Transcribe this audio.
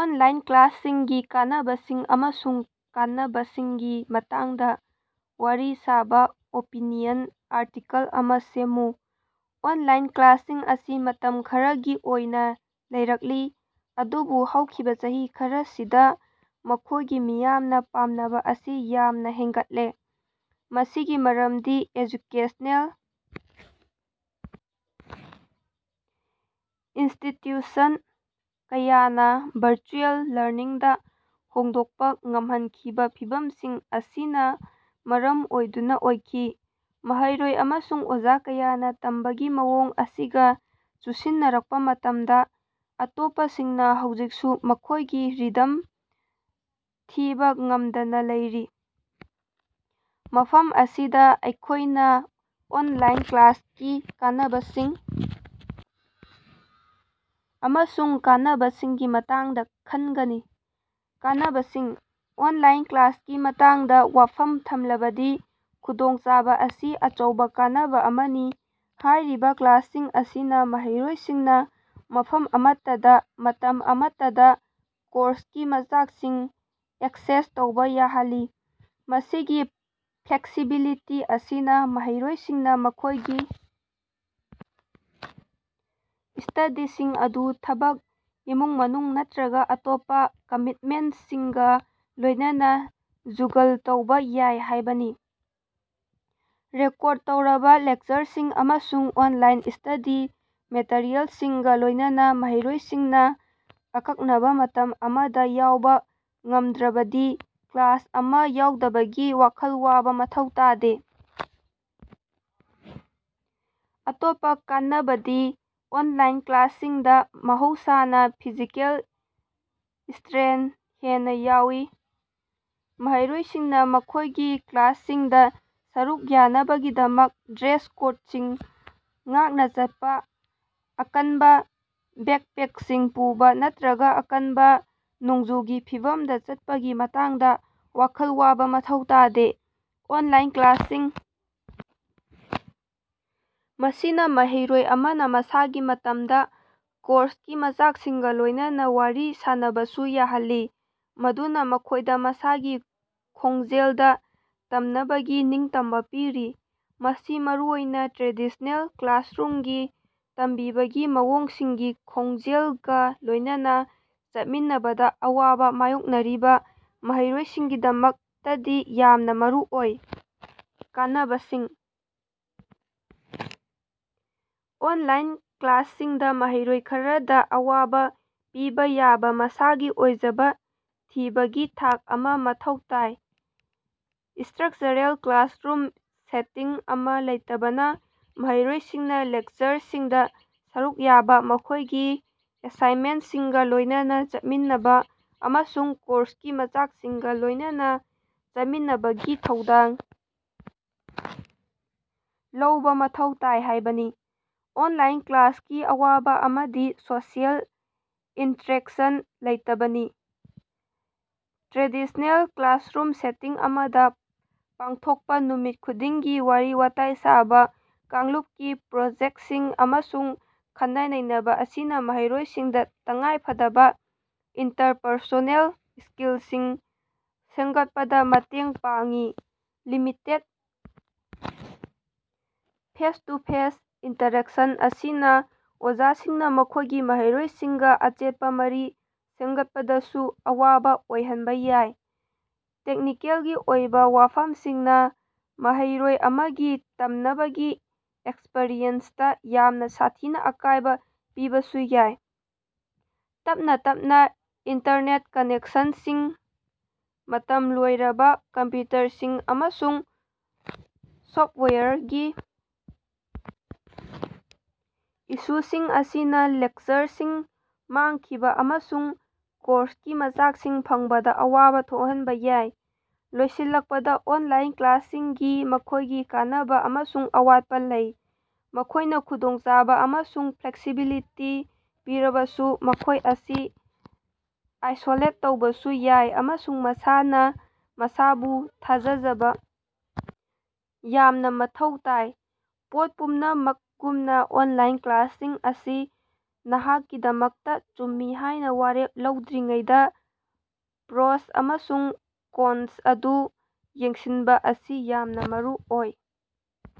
Online ꯀ꯭ꯂꯥꯁꯁꯤꯡꯒꯤ ꯀꯥꯟꯅꯕꯁꯤꯡ ꯑꯃꯁꯨꯡ ꯀꯥꯟꯅꯕꯁꯤꯡꯒꯤ ꯃꯇꯥꯡꯗꯥ ꯋꯥꯔꯤ ꯁꯥꯕꯥ ꯑꯣꯄꯤꯅꯤꯌꯟ ꯑꯥꯔꯇꯤꯀꯦꯜ ꯑꯃꯥ ꯁꯦꯝꯃꯨ꯫ ꯑꯣꯟ ꯂꯥꯏꯟ ꯀ꯭ꯂꯥꯁꯁꯤꯡ ꯑꯁꯤ ꯃꯇꯝ ꯈꯔꯒꯤ ꯑꯣꯏꯅꯥ ꯂꯩꯔꯛꯂꯤ, ꯑꯗꯨꯕꯨ ꯍꯧꯈꯤꯕꯥ ꯆꯍꯤ ꯈꯔꯁꯤꯗꯥ ꯃꯈꯣꯏꯒꯤ ꯃꯤꯌꯥꯝꯅꯥ ꯄꯥꯝꯅꯕꯥ ꯑꯁꯤ ꯌꯥꯝꯅꯥ ꯍꯦꯟꯒꯠꯂꯦ, ꯃꯁꯤꯒꯤ ꯃꯔꯝꯗꯤ ꯑꯦꯖꯨꯀꯦꯁꯅꯦꯜ ꯏꯟꯁꯇꯤꯠꯌꯨꯁꯟ ꯀꯌꯥꯅꯥ ꯚꯔꯆꯨꯑꯦꯜ ꯂꯔꯅꯤꯡꯗꯥ ꯍꯣꯡꯗꯣꯛꯄꯥ ꯉꯝꯍꯟꯈꯤꯕꯥ ꯐꯤꯚꯝꯁꯤꯡ ꯑꯁꯤꯅꯥ ꯃꯔꯝ ꯑꯣꯏꯗꯨꯅꯥ ꯑꯣꯏꯈꯤ꯫ ꯃꯍꯩꯔꯣꯏ ꯑꯃꯁꯨꯡ ꯑꯣꯖꯥ ꯀꯌꯥꯅꯥ ꯇꯝꯕꯒꯤ ꯃꯑꯣꯡ ꯑꯁꯤꯒꯥ ꯆꯨꯁꯤꯟꯅꯔꯛꯄꯥ ꯃꯇꯝꯗꯥ, ꯑꯇꯣꯞꯄꯁꯤꯡꯅꯥ ꯍꯧꯖꯤꯛꯁꯨ ꯃꯈꯣꯏꯒꯤ ꯔꯤꯗꯝ ꯊꯤꯕꯥ ꯉꯝꯗꯅꯥ ꯂꯩꯔꯤ꯫ ꯃꯐꯝ ꯑꯁꯤꯗꯥ ꯑꯩꯈꯣꯏꯅꯥ ꯑꯣꯟꯂꯥꯏꯟ ꯀ꯭ꯂꯥꯁꯀꯤ ꯀꯥꯟꯅꯕꯁꯤꯡ ꯑꯃꯁꯨꯡ ꯀꯥꯟꯅꯕꯁꯤꯡꯒꯤ ꯃꯇꯥꯡꯗꯥ ꯈꯟꯒꯅꯤ꯫ ꯀꯥꯟꯅꯕꯁꯤꯡ: ꯑꯣꯅꯂꯥꯏꯟ ꯀ꯭ꯂꯥꯁꯀꯤ ꯃꯇꯥꯡꯗꯥ ꯋꯥꯐꯝ ꯊꯝꯂꯕꯗꯤ ꯈꯨꯗꯣꯡꯆꯥꯕꯥ ꯑꯁꯤ ꯑꯆꯧꯕꯥ ꯀꯥꯟꯅꯕꯥ ꯑꯃꯅꯤ꯫ ꯍꯥꯏꯔꯤꯕꯥ ꯀ꯭ꯂꯥꯁꯁꯤꯡ ꯑꯁꯤꯅꯥ ꯃꯍꯩꯔꯣꯏꯁꯤꯡꯅꯥ ꯃꯐꯝ ꯑꯃꯠꯇꯗꯥ ꯃꯇꯝ ꯑꯃꯠꯇꯗꯥ ꯀꯣꯔꯁꯀꯤ ꯃꯆꯥꯛꯁꯤꯡ ꯑꯦꯛꯁꯦꯁ ꯇꯧꯕꯥ ꯌꯥꯍꯜꯂꯤ꯫ ꯃꯁꯤꯒꯤ ꯐ꯭ꯂꯦꯛꯁꯤꯕꯤꯂꯤꯇꯤ ꯑꯁꯤꯅꯥ ꯃꯍꯩꯔꯣꯏꯁꯤꯡꯅꯥ ꯃꯈꯣꯏꯒꯤ ꯁ꯭ꯇꯗꯤꯁꯤꯡ ꯑꯗꯨ ꯊꯕꯛ, ꯏꯃꯨꯡ-ꯃꯅꯨꯡ ꯅꯠꯇ꯭ꯔꯒꯥ ꯑꯇꯣꯞꯄꯥ ꯀꯃꯤꯠꯃꯦꯟꯇꯁꯤꯡꯒꯥ ꯂꯣꯏꯅꯅꯥ ꯖꯨꯒꯜ ꯇꯧꯕꯥ ꯌꯥꯏ ꯍꯥꯏꯕꯅꯤ꯫ ꯔꯦꯀꯣꯔꯗ ꯇꯧꯔꯕꯥ ꯂꯦꯛꯆꯔꯁꯤꯡ ꯑꯃꯁꯨꯡ ꯑꯣꯟꯂꯥꯏꯟ ꯁ꯭ꯇꯗꯤ ꯃꯦꯇꯔꯤꯑꯦꯜꯁꯤꯡꯒꯥ ꯂꯣꯏꯅꯅꯥ ꯃꯍꯩꯔꯣꯏꯁꯤꯡꯅꯥ ꯑꯀꯛꯅꯕꯥ ꯃꯇꯝ ꯑꯃꯗꯥ ꯌꯥꯎꯕꯥ ꯉꯝꯗ꯭ꯔꯕꯗꯤ ꯀ꯭ꯂꯥꯁ ꯑꯃꯥ ꯌꯥꯎꯗꯕꯒꯤ ꯋꯥꯈꯜ ꯋꯥꯕꯥ ꯃꯊꯧ ꯇꯥꯗꯦ꯫ ꯑꯇꯣꯞꯄꯥ ꯀꯥꯟꯅꯕꯗꯤ ꯑꯣꯟꯂꯥꯏꯟ ꯀ꯭ꯂꯥꯁꯁꯤꯡꯗꯥ ꯃꯍꯧꯁꯥꯅꯥ ꯐꯤꯖꯤꯀꯦꯜ ꯁ꯭ꯇꯔꯦꯟ ꯍꯦꯟꯅꯥ ꯌꯥꯎꯏ꯫ ꯃꯍꯩꯔꯣꯏꯁꯤꯡꯅꯥ ꯃꯈꯣꯏꯒꯤ ꯀ꯭ꯂꯥꯁꯁꯤꯡꯗꯥ ꯁꯔꯨꯛ ꯌꯥꯅꯕꯒꯤꯗꯃꯛ ꯗ꯭ꯔꯦꯁ ꯀꯣꯗꯁꯤꯡ ꯉꯥꯛꯅꯥ ꯆꯠꯄꯥ, ꯑꯀꯟꯕꯥ ꯕꯦꯛꯄꯦꯛꯁꯤꯡ ꯄꯨꯕꯥ ꯅꯠꯇ꯭ꯔꯒꯥ ꯑꯀꯟꯕꯥ ꯅꯣꯡꯖꯨꯒꯤ ꯐꯤꯚꯝꯗꯥ ꯆꯠꯄꯒꯤ ꯃꯇꯥꯡꯗꯥ ꯋꯥꯈꯜ ꯋꯥꯕꯥ ꯃꯊꯧ ꯇꯥꯗꯦ꯫ ꯑꯣꯟꯂꯥꯏꯟ ꯀ꯭ꯂꯥꯁꯁꯤꯡ ꯃꯁꯤꯅꯥ ꯃꯍꯩꯔꯣꯏ ꯑꯃꯅꯥ ꯃꯁꯥꯒꯤ ꯃꯇꯝꯗꯥ ꯀꯣꯔꯁꯀꯤ ꯃꯆꯥꯛꯁꯤꯡꯒꯥ ꯂꯣꯏꯅꯅꯥ ꯋꯥꯔꯤ ꯁꯥꯅꯕꯁꯨ ꯌꯥꯍꯜꯂꯤ, ꯃꯗꯨꯅꯥ ꯃꯈꯣꯏꯗꯥ ꯃꯁꯥꯒꯤ ꯈꯣꯡꯖꯦꯜꯗꯥ ꯇꯝꯅꯕꯒꯤ ꯅꯤꯡꯇꯝꯕꯥ ꯄꯤꯔꯤ꯫ ꯃꯁꯤ ꯃꯔꯨꯑꯣꯏꯅꯥ ꯇ꯭ꯔꯦꯗꯤꯁꯅꯦꯜ ꯀ꯭ꯂꯥꯁꯔꯨꯝꯒꯤ ꯇꯝꯕꯤꯕꯒꯤ ꯃꯑꯣꯡꯁꯤꯡꯒꯤ ꯈꯣꯡꯖꯦꯜꯒꯥ ꯂꯣꯏꯅꯅꯥ ꯆꯠꯃꯤꯟꯅꯕꯗꯥ ꯑꯋꯥꯕꯥ ꯃꯥꯌꯣꯛꯅꯔꯤꯕꯥ ꯃꯍꯩꯔꯣꯏꯁꯤꯡꯒꯤꯗꯃꯛꯇꯗꯤ ꯌꯥꯝꯅꯥ ꯃꯔꯨꯑꯣꯏ꯫ ꯀꯥꯟꯅꯕꯁꯤꯡ: ꯑꯣꯟꯂꯥꯏꯟ ꯀ꯭ꯂꯥꯁꯁꯤꯡꯗꯥ ꯃꯍꯩꯔꯣꯏ ꯈꯔꯗꯥ ꯑꯋꯥꯕꯥ ꯄꯤꯕꯥ ꯌꯥꯕꯥ ꯃꯁꯥꯒꯤ ꯑꯣꯏꯖꯕꯥ ꯊꯤꯕꯒꯤ ꯊꯥꯛ ꯑꯃꯥ ꯃꯊꯧ ꯇꯥꯏ꯫ ꯏꯁ꯭ꯠꯔꯀꯆꯔꯦꯜ ꯀ꯭ꯂꯥꯁꯔꯨꯝ ꯁꯦꯇꯤꯡ ꯑꯃꯥ ꯂꯩꯇꯕꯅꯥ ꯃꯍꯩꯔꯣꯏꯁꯤꯡꯅꯥ ꯂꯦꯛꯆꯔꯁꯤꯡꯗꯥ ꯁꯔꯨꯛ ꯌꯥꯕꯥ, ꯃꯈꯣꯏꯒꯤ ꯑꯦꯁꯥꯏꯟꯃꯦꯟꯇꯁꯤꯡꯒꯥ ꯂꯣꯏꯅꯅꯥ ꯆꯠꯃꯤꯟꯅꯕꯥ ꯑꯃꯁꯨꯡ ꯀꯣꯔꯁꯀꯤ ꯃꯆꯥꯛꯁꯤꯡꯒꯥ ꯂꯣꯏꯅꯅꯥ ꯆꯠꯃꯤꯟꯅꯕꯒꯤ ꯊꯧꯗꯥꯡ ꯂꯧꯕꯥ ꯃꯊꯧ ꯇꯥꯏ ꯍꯥꯏꯕꯅꯤ꯫ ꯑꯣꯟꯂꯥꯏꯟ ꯀ꯭ꯂꯥꯁꯀꯤ ꯑꯋꯥꯕꯥ ꯑꯃꯗꯤ ꯁꯣꯁꯤꯑꯦꯜ ꯏꯟꯇꯔꯦꯛꯁꯟ ꯂꯩꯇꯕꯅꯤ꯫ ꯇ꯭ꯔꯦꯗꯤꯁꯅꯦꯜ ꯀ꯭ꯂꯥꯁꯔꯨꯝ ꯁꯦꯇꯤꯡ ꯑꯃꯗꯥ ꯄꯥꯡꯊꯣꯛꯄꯥ ꯅꯨꯃꯤꯠ ꯈꯨꯗꯤꯡꯒꯤ ꯋꯥꯔꯤ-ꯋꯥꯇꯥꯏ ꯁꯥꯕꯥ, ꯀꯥꯡꯂꯨꯄꯀꯤ ꯄ꯭ꯔꯣꯖꯦꯛꯇꯁꯤꯡ ꯑꯃꯁꯨꯡ ꯈꯟꯅ-ꯅꯩꯅꯕꯥ ꯑꯁꯤꯅꯥ ꯃꯍꯩꯔꯣꯏꯁꯤꯡꯗꯥ ꯇꯉꯥꯏꯐꯗꯕꯥ ꯏꯟꯇꯔꯄꯔꯁꯣꯅꯦꯜ ꯁ꯭ꯀꯤꯜꯁꯤꯡ ꯁꯦꯝꯒꯠꯄꯗꯥ ꯃꯇꯦꯡ ꯄꯥꯡꯏ꯫ ꯂꯤꯃꯤꯇꯦꯗ ꯐꯦꯁ-ꯇꯨ-ꯐꯦꯁ ꯏꯟꯇꯔꯦꯛꯁꯟ ꯑꯁꯤꯅꯥ ꯑꯣꯖꯥꯁꯤꯡꯅꯥ ꯃꯈꯣꯏꯒꯤ ꯃꯍꯩꯔꯣꯏꯁꯤꯡꯒꯥ ꯑꯆꯦꯠꯄꯥ ꯃꯔꯤ ꯁꯦꯝꯒꯠꯄꯗꯁꯨ ꯑꯋꯥꯕꯥ ꯑꯣꯏꯍꯟꯕꯥ ꯌꯥꯏ꯫ ꯇꯦꯛꯅꯤꯀꯦꯜꯒꯤ ꯑꯣꯏꯕꯥ ꯋꯥꯐꯝꯁꯤꯡꯅꯥ ꯃꯍꯩꯔꯣꯏ ꯑꯃꯒꯤ ꯇꯝꯅꯕꯒꯤ ꯑꯦꯛꯁꯄꯔꯤꯌꯦꯟꯁꯇꯥ ꯌꯥꯝꯅꯥ ꯁꯥꯊꯤꯅꯥ ꯑꯀꯥꯏꯕꯥ ꯄꯤꯕꯁꯨ ꯌꯥꯏ꯫ ꯇꯞꯅꯥ ꯇꯞꯅꯥ ꯏꯟꯇꯔꯅꯦꯠ ꯀꯅꯦꯛꯁꯟꯁꯤꯡ, ꯃꯇꯝ ꯂꯣꯏꯔꯕꯥ ꯀꯝꯄꯌꯨꯇꯔꯁꯤꯡ, ꯑꯃꯁꯨꯡ ꯁꯣꯐꯇꯋꯥꯌꯔꯒꯤ ꯏꯁꯨꯁꯤꯡ ꯑꯁꯤꯅꯥ ꯂꯦꯛꯆꯔꯁꯤꯡ ꯃꯥꯡꯈꯤꯕꯥ ꯑꯃꯁꯨꯡ ꯀꯣꯔꯁꯀꯤ ꯃꯆꯥꯛꯁꯤꯡ ꯐꯪꯕꯗꯥ ꯑꯋꯥꯕꯥ ꯊꯣꯛꯍꯟꯕꯥ ꯌꯥꯏ꯫ ꯂꯣꯏꯁꯤꯜꯂꯛꯄꯗꯥ, ꯑꯣꯟꯂꯥꯏꯟ ꯀ꯭ꯂꯥꯁꯁꯤꯡꯒꯤ ꯃꯈꯣꯏꯒꯤ ꯀꯥꯟꯅꯕꯥ ꯑꯃꯁꯨꯡ ꯑꯋꯥꯠꯄꯥ ꯂꯩ꯫ ꯃꯈꯣꯏꯅꯥ ꯈꯨꯗꯣꯡꯆꯥꯕꯥ ꯑꯃꯁꯨꯡ ꯐ꯭ꯂꯦꯛꯁꯤꯕꯤꯂꯤꯇꯤ ꯄꯤꯔꯕꯁꯨ, ꯃꯈꯣꯏ ꯑꯁꯤ ꯑꯥꯏꯁꯣꯂꯦꯠ ꯇꯧꯕꯁꯨ ꯌꯥꯏ ꯑꯃꯁꯨꯡ ꯃꯁꯥꯅꯥ ꯃꯁꯥꯕꯨ ꯊꯥꯖꯖꯕꯥ ꯌꯥꯝꯅꯥ ꯃꯊꯧ ꯇꯥꯏ꯫ ꯄꯣꯠ ꯄꯨꯝꯅꯃꯛꯒꯨꯝꯅꯥ, ꯑꯣꯟꯂꯥꯏꯟ ꯀ꯭ꯂꯥꯁꯁꯤꯡ ꯑꯁꯤ ꯅꯍꯥꯛꯀꯤꯗꯃꯛꯇꯥ ꯆꯨꯝꯃꯤ ꯍꯥꯏꯅꯥ ꯋꯥꯔꯦꯞ ꯂꯧꯗ꯭ꯔꯤꯉꯩꯗꯥ ꯄ꯭ꯔꯣꯁ ꯑꯃꯁꯨꯡ ꯀꯣꯟꯁ ꯑꯗꯨ ꯌꯦꯡꯁꯤꯟꯕꯥ ꯑꯁꯤ ꯌꯥꯝꯅꯥ ꯃꯔꯨꯑꯣꯏ꯫